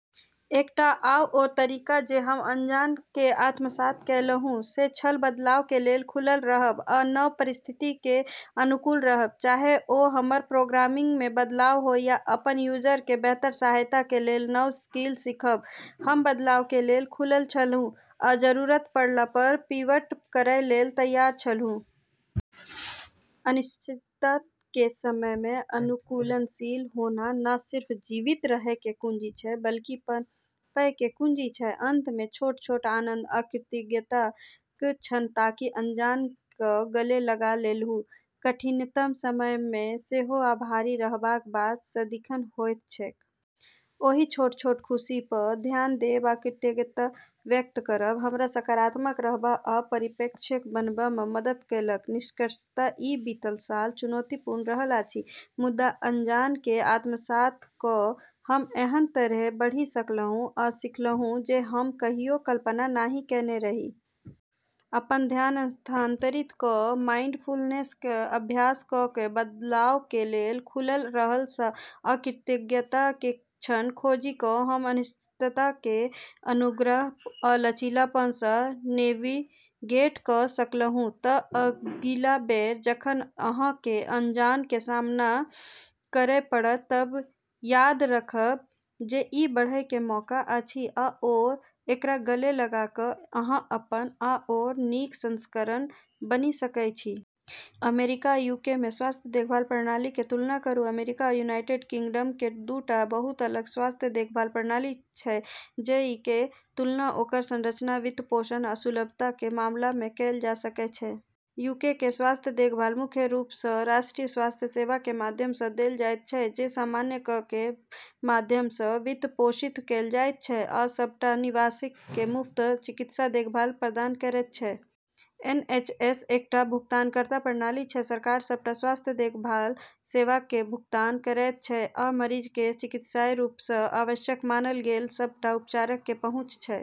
एकटा आओर तरीका जे हम अनजान के आत्मसात केलहुं से छल बदलाव के लेल खुलल रहब आ नव परिस्थिति के अनुकूल रहब. चाहे ओ हमर प्रोग्रामिंग में बदलाव हो या अपन यूजर के बेहतर सहायता के लेल नव स्किल सीखब, हम बदलाव के लेल खुलल छलहुं आ जरूरत पड़ला पर पिवट करय लेल तैयार छलहुं. अनिश्चितता के समय में अनुकूलनशील होना न सिर्फ जीवित रहय के कुंजी छै बल्कि पनपय के कुंजी छै. अंत मे छोट-छोट आनन्द आ कृतज्ञताक क्षण ताकि अनजान केँ गले लगा लेलहुँ। कठिनतम समय मे सेहो आभारी रहबाक बात सदिखन होइत छैक। ओहि छोट-छोट खुशी पर ध्यान देब आ कृतज्ञता व्यक्त करब हमरा सकारात्मक रहबा आ परिप्रेक्ष्य बनेबा मे मदद केलक। निष्कर्षतः ई बीतल साल चुनौतीपूर्ण रहल अछि, मुदा अनजान केँ आत्मसात क' हम एहन तरहेँ बढ़ि सकलहुँ आ सीखलहुँ जे हम कहियो कल्पना नहि केने रही। अपन ध्यान स्थानांतरित क', माइंडफुलनेस के अभ्यास क' क', बदलाव के लेल खुलल रहला स', आ कृतज्ञता के क्षण खोजि क' हम अनिश्चितता के अनुग्रह आ लचीलापन स' नेविगेट क' सकलहुं. त अगिला बेर जखन अहां के अनजान के सामना करय पड़त त याद राखब जे ई बढ़य के मौका अछि, आओर एकरा गले लगा क अहां अपन आओर नीक संस्करण बनि सकय छी. अमेरिका आ यूके मे स्वास्थ्य देखभाल प्रणाली कें तुलना करूं. अमेरिका आ यूनाइटेड किंगडम कें दूटा बहुत अलग स्वास्थ्य देखभाल प्रणाली छै जइ कें तुलना ओकर संरचना, वित्तपोषण आ सुलभता कें मामला मे कैल जा सकय छै. यूके मे स्वास्थ्य देखभाल मुख्य रूप सं राष्ट्रीय स्वास्थ्य सेवा कें माध्यम सं देल जायत छै, जे सामान्य कर कें माध्यम सं वित्त पोषित कैल जायत छै आ सबटा निवासीक कें मुफ्त चिकित्सा देखभाल प्रदान करयत छै. एनएचएस एकटा भुगतानकर्ता प्रणाली छै: सरकार सबटा स्वास्थ्य देखभाल सेवाक कें भुगतान करएयत छै, आ मरीजक कें चिकित्सकीय रूप सं आवश्यक मानल गेल सबटा उपचारक कें पहुंच छै.